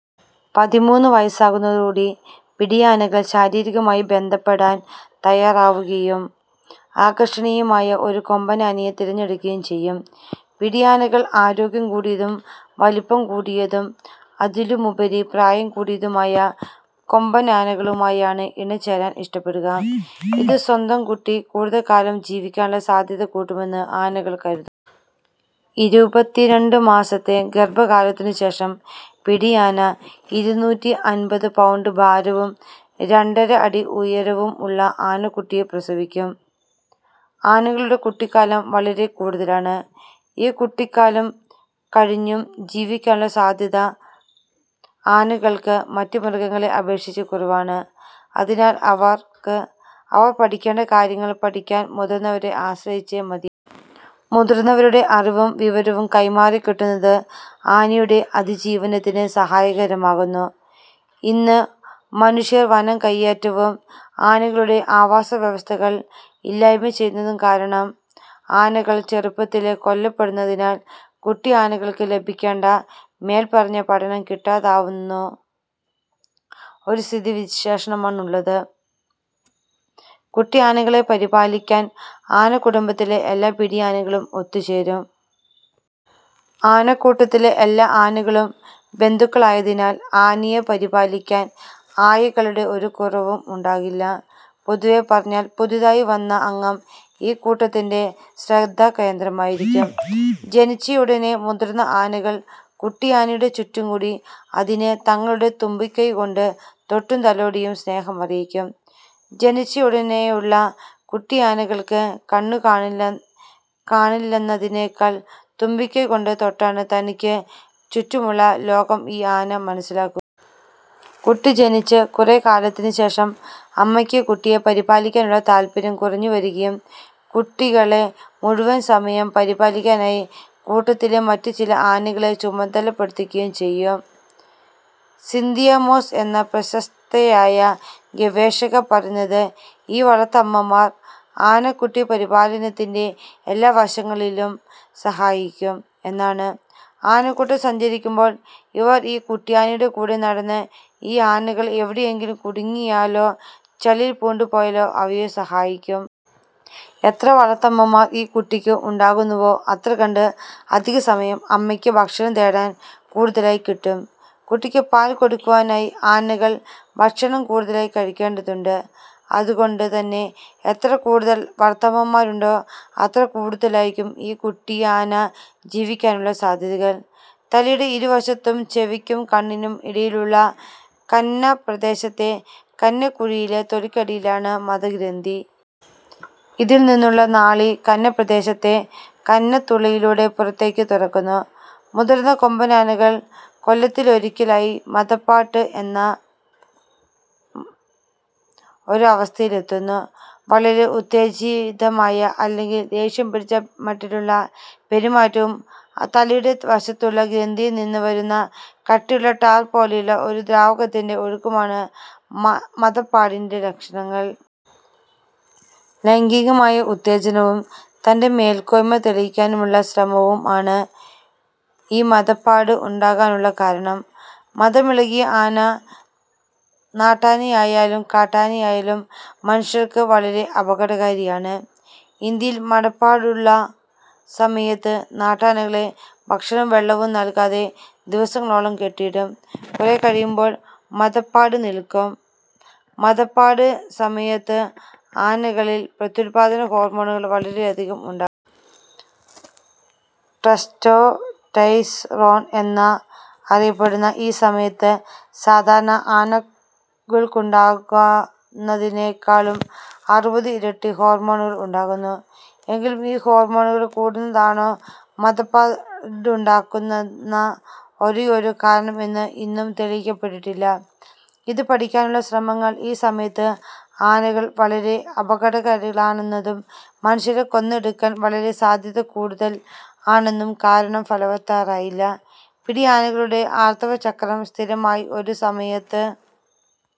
പതിമൂന്ന് വയസ്സാകുന്നതോട് കൂടി പിടിയാനകൾ ശാരീരികമായി ബന്ധപ്പെടാൻ തയ്യാറാവുകയും, ആകർഷണീയമായ ഒരു കൊമ്പനാനയെ തിരഞ്ഞുടുക്കുകയും ചെയ്യും. പിടിയാനകൾ ആരോഗ്യം കൂടിയതും, വലിപ്പം കൂടിയതും, അതിലുമുപരി പ്രായം കൂടിയതുമായ കൊമ്പനാനകളുമായാണ് ഇണചേരാൻ ഇഷ്ടപ്പെടുക. ഇത് സ്വന്തം കുട്ടി, കൂടുതൽ കാലം ജീവിക്കാനുള്ള സാധ്യത കൂട്ടുമെന്ന് ആനകൾ കരുതുന്നു. ഇരുപത്തി രണ്ട് മാസത്തെ ഗർഭകാലത്തിനു ശേഷം, പിടിയാന ഇരുന്നൂറ്റി അൻപത് പൗണ്ട് ഭാരവും രണ്ടര അടി ഉയരവും ഉള്ള ആനക്കുട്ടിയെ പ്രസവിക്കും. ആനകളുടെ കുട്ടിക്കാലം വളരെ കൂടുതലാണ്. ഈ കുട്ടിക്കാലം കഴിഞ്ഞും ജീവിക്കാനുള്ള സാധ്യത ആനകൾക്ക് മറ്റ് മൃഗങ്ങളെ അപേക്ഷിച്ച് കുറവാണ്. അതിനാൽ, അവർക്ക് അവർ പഠിക്കേണ്ട കാര്യങ്ങൾ പഠിക്കാൻ മുതിർന്നവരെ ആശ്രയിച്ചേ മതി മുതിർന്നവരുടെ അറിവും വിവരവും കൈമാറി കിട്ടുന്നത് ആനയുടെ അതിജീവനത്തിന് സഹായകരമാകുന്നു. ഇന്ന് മനുഷ്യർ വനം കയ്യേറ്റവും, ആനകളുടെ ആവാസവ്യവസ്ഥകൾ ഇല്ലായ്മ ചെയ്യുന്നതും കാരണം ആനകൾ ചെറുപ്പത്തിലേ കൊല്ലപ്പെടുന്നതിനാൽ കുട്ടിയാനകൾക്ക് ലഭിക്കേണ്ട മേൽപ്പറഞ്ഞ പഠനം കിട്ടാതാവുന്ന ഒരു സ്ഥിതിവിശേഷമാണുള്ളത്. കുട്ടിയാനകളെ പരിപാലിക്കാൻ ആനക്കുടുംബത്തിലെ എല്ലാ പിടിയാനകളും ഒത്ത് ചേരും. ആനക്കൂട്ടത്തിലെ എല്ലാ ആനകളും ബന്ധുക്കളായതിനാൽ ആനയെ പരിപാലിക്കാൻ ആയകളുടെ ഒരു കുറവും ഉണ്ടാകാറില്ല. പൊതുവേ പറഞ്ഞാൽ, പുതുതായി വന്ന അംഗം ഈ കൂട്ടത്തിന്റെ ശ്രദ്ധാകേന്ദ്രമായിരിക്കും. ജനിച്ചയുടെനെ മുതിർന്ന ആനകൾ കുട്ടിയാനയുടെ ചുറ്റുംകൂടി അതിനെ തങ്ങളുടെ തുമ്പിക്കൈ കൊണ്ട് തൊട്ടും തലോടിയും സ്നേഹമറിയിക്കും. ജനിച്ചയുടെനേയുള്ള കുട്ടിയാനകൾക്ക് കണ്ണ് കാണില്ലെന്നതിനാൽ തുമ്പിക്കൈ കൊണ്ട് തൊട്ടാണ് തനിക്ക് ചുറ്റുമുള്ള ലോകം ഈ ആന മനസ്സിലാക്കുക. കുട്ടി ജനിച്ച് കുറേക്കാലത്തിന് ശേഷം അമ്മയ്ക്ക് കുട്ടിയെ പരിപാലിക്കാനുള്ള താത്പര്യം കുറഞ്ഞ് വരികയും, കുട്ടികളെ മുഴുവൻ സമയം പരിപാലിക്കാനായി കൂട്ടത്തിലെ മറ്റ്ചില ആനകളെ ചുമതലപ്പെടുത്തുകയും ചെയ്യും. സിന്തിയ മോസ് എന്ന പ്രശസ്തയായ ഗവേഷക പറയുന്നത് ഈ വളർത്തമ്മമാർ ആനക്കുട്ടിപരിപാലനത്തിന്റെ എല്ലാ വശങ്ങളിലും സഹായിക്കും എന്നാണ്. ആനക്കൂട്ടം സഞ്ചരിക്കുമ്പോൾ, ഇവർ ഈ കുട്ടിയാനയുടെ കൂടെ നടന്ന്, ഈ ആനകൾ എവിടെയെങ്കിലും കുടുങ്ങിയാലോ ചളിയിൽ പൂണ്ട് പോയാലോ അവയെ സഹായിക്കും. എത്ര വളർത്തമ്മമാർ ഈ കുട്ടിക്ക് ഉണ്ടാകുന്നുവോ അത്രകണ്ട് അധികസമയം അമ്മയ്ക്ക് ഭക്ഷണം തേടാൻ കൂടുതലായി കിട്ടും. കുട്ടിക്ക് പാൽ കൊടുക്കുവാനായി ആനകൾ ഭക്ഷണം കൂടുതലായി കഴിക്കേണ്ടതുണ്ട്. അത് കൊണ്ട് തന്നെ എത്ര കൂടുതൽ വളർത്തമ്മമാരുണ്ടോ അത്ര കൂടുതലായിരിക്കും ഈ കുട്ടിയാന ജീവിക്കാനുള്ള സാധ്യതകൾ. തലയുടെ ഇരുവശത്തും ചെവിയ്ക്കും കണ്ണിനും ഇടയിലുള്ള കന്നപ്രദേശത്തെ കന്നക്കുഴിയിലെ തൊലിക്കടിയിലാണ് മദഗ്രന്ഥി. ഇതിൽ നിന്നുള്ള നാളി കന്നപ്രദേശത്തെ കന്നത്തുളയിലൂടെ പുറത്തേക്ക് തുറക്കുന്നു. മുതിർന്ന കൊമ്പനാനകൾ കൊല്ലത്തിലൊരിക്കലായി മദപ്പാട് എന്ന ഒരു അവസ്ഥയിലെത്തുന്നു. വളരെ ഉത്തേജിതമായ അല്ലെങ്കിൽ ദേഷ്യം പിടിച്ച മട്ടിലുള്ള പെരുമാറ്റവും തലയുടെ വശത്തുള്ള ഗ്രന്ഥിയിൽ നിന്ന് വരുന്ന കട്ടിയുള്ള ടാർ പോലെയുള്ള ഒരു ദ്രാവകത്തിന്റെ ഒഴുക്കുമാണ് മദപ്പാടിന്റെ ലക്ഷണങ്ങൾ. ലൈംഗികമായ ഉത്തേജനവും തന്റെ മേൽക്കോയ്മ തെളിയിക്കാനുമുള്ള ശ്രമവും ആണ് ഈ മദപ്പാട് ഉണ്ടാകാനുള്ള കാരണം. മദമിളകിയ ആന, നാട്ടാനയായാലും കാട്ടാനയായാലും മനുഷ്യർക്ക് വളരെ അപകടകാരിയാണ്. ഇന്ത്യയിൽ മദപ്പാടുള്ള സമയത്ത് നാട്ടാനകളെ ഭക്ഷണവും വെള്ളവും നൽകാതെ ദിവസങ്ങളോളം കെട്ടിയിടും. കുറേ കഴിയുമ്പോൾ മദപ്പാട് നിൽക്കും. മദപ്പാട് സമയത്ത് ആനകളിൽ പ്രത്യുത്പാദന ഹോർമോണുകൾ വളരെയധികം ഉണ്ടാകുന്നു. ടെസ്റ്റ്രോസ്റ്റെറോൺ നില എന്നറിയപ്പെടുന്ന ഈ സമയത്ത് സാധാരണ ആനകൾക്കുണ്ടാകുന്നതിനേക്കാളും അറുപത് ഇരട്ടി ഹോർമോണുകൾ ഉണ്ടാകുന്നു. എങ്കിലും ഈ ഹോർമോണുകൾ കൂടുന്നതാണോ മദപ്പാടുണ്ടാക്കുന്ന ഒരേയൊരു കാരണം എന്നത് ഇന്നും തെളിയിക്കപ്പെട്ടിട്ടില്ല. ഇത് പഠിക്കാനുള്ള ശ്രമങ്ങൾ ഈ സമയത്ത് ആനകൾ വളരെ അപകടകാരികളാണെന്നതും മനുഷ്യരെ കൊന്നൊടുക്കാൻ സാധ്യത വളരെക്കൂടുതൽ ആണെന്നതും കാരണം ഫലവത്താവാറില്ല. പിടിയാനകളുടെ ആർത്തവചക്രം സ്ഥിരമായി ഒരു സമയത്ത്